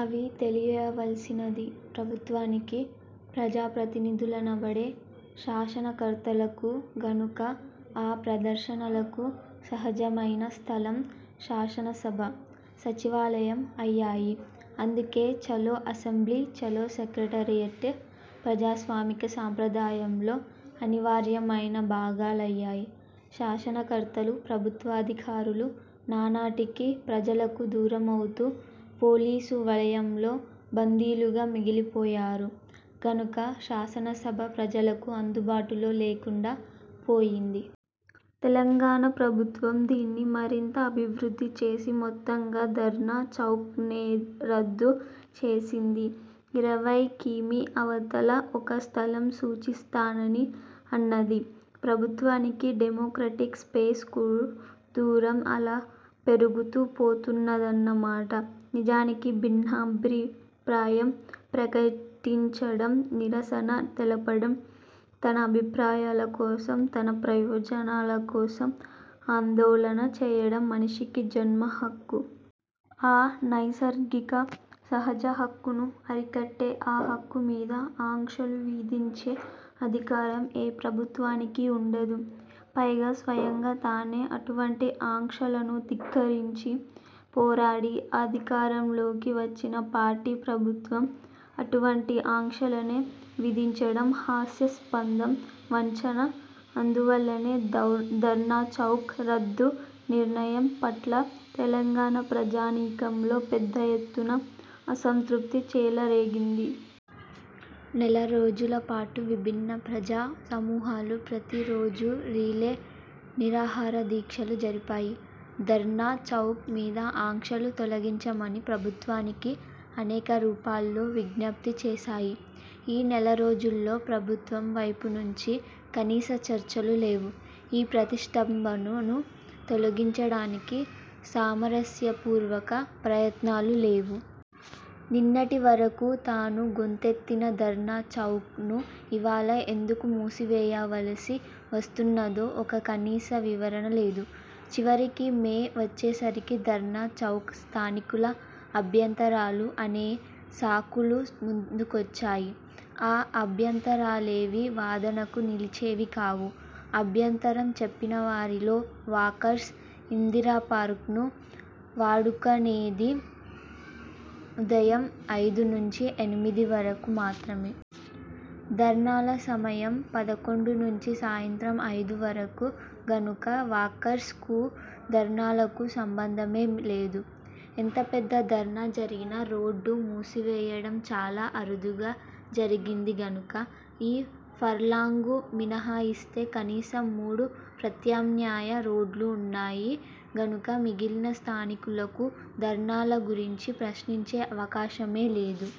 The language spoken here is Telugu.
అవి తెలియవలసినది ప్రభుత్వానికీ, ప్రజాప్రతినిధులనబడే శాసనకర్తలకూ గనుక ఆ ప్రదర్శనలకు సహజమైన స్థలం శాసనసభ, సచివాలయం అయ్యాయి. అందుకే చలో అసెంబ్లీ, చలో సెక్రటరేయట్ ప్రజాస్వామిక సంప్రదాయంలో అనివార్యమైన భాగాలయ్యాయి. శాసనకర్తలు, ప్రభుత్వాధికారులు నానాటికీ ప్రజలకు దూరమవుతూ, పోలీసు వలయంలో బందీలుగా మిగిలిపోయారు గనుక శాసనసభ ప్రజలకు అందుబాటులో లేకుండా పోయింది. తెలంగాణ ప్రభుత్వం దీన్ని మరింత "అభివృద్ధి" చేసి మొత్తంగా ధర్నా చౌక్ నే రద్దు చేసింది. ఇరవై కిమీ అవతల ఒక స్థలం సూచిస్తానని అన్నది. ప్రభుత్వానికీ డెమొక్రటిక్ స్పేస్ కూ దూరం అలా పెరుగుతూ పోతున్నదన్న మాట. నిజానికి భిన్నాభ్రిప్రాయం ప్రకటించడం, నిరసన తెలపడం, తన అభిప్రాయాల కోసం, తన ప్రయోజనాల కోసం ఆందోళన చెయ్యడం మనిషికి జన్మహక్కు. ఆ నైసర్గిక, సహజ హక్కును అరికట్టే, ఆ హక్కు మీద ఆంక్షలు విధించే అధికారం ఏ ప్రభుత్వానికీ ఉండదు. పైగా స్వయంగా తానే అటువంటి ఆంక్షలను ధిక్కరించి, పోరాడి అధికారంలోకి వచ్చిన పార్టీ ప్రభుత్వం అటువంటి ఆంక్షలనే విధించడం హాస్యస్పందం, వంచన. అందువల్లనే ధర్నాచౌక్ రద్దు నిర్ణయం పట్ల తెలంగాణా ప్రజానీకంలో పెద్ద ఎత్తున అసంతృప్తి చేలరేగింది. నెల రోజుల పాటు విభిన్న ప్రజా సమూహాలు ప్రతి రోజూ రిలే నిరాహార దీక్షలు జరిపాయి. ధర్నా చౌక్ మీద ఆంక్షలు తొలగించమని ప్రభుత్వానికి అనేక రూపాల్లో విజ్ఞప్తి చేశాయి. ఈ నెలరోజుల్లో ప్రభుత్వం వైపు నుంచి కనీస చర్చలు లేవు, ఈ ప్రతిష్టంభనును తొలగించడానికి సామరస్యపూర్వక ప్రయత్నాలు లేవు. నిన్నటివరకూ తానూ గొంతెత్తిన ధర్నా చౌక్ ను ఇవాళ ఎందుకు మూసివేయవలసి వస్తున్నదో ఒక కనీస వివరణ లేదు. చివరికి మే వచ్చేసరికి ధర్నా చౌక్ స్థానికుల అభ్యంతరాలు అనే సాకులు ముందుకొచ్చాయి. ఆ అభ్యంతరాలేవీ వాదనకు నిలిచేవి కావు. అభ్యంతరం చెప్పినవారిలో వాకర్స్ ఇందిరాపార్క్ను వాడుకనేది ఉదయం ఐదు నుంచి ఎనిమిది వరకు మాత్రమే. ధర్నాల సమయం పదకొండు నుంచి సాయంత్రం ఐదు వరకు గనుక వాకర్స్ కూ ధర్నాలకూ సంబంధమేం లేదు. ఎంత పెద్ద ధర్నా జరిగినా రోడ్డు మూసివేయడం చాల అరుదుగా జరిగింది గనుక, ఈ ఫర్లాంగు మినహాయిస్తే కనీసం మూడు ప్రత్యామ్నాయ రోడ్లు ఉన్నాయి గనుక మిగిలిన స్థానికులకూ ధర్నాల గురించి ప్రశ్నించే అవకాశమే లేదు.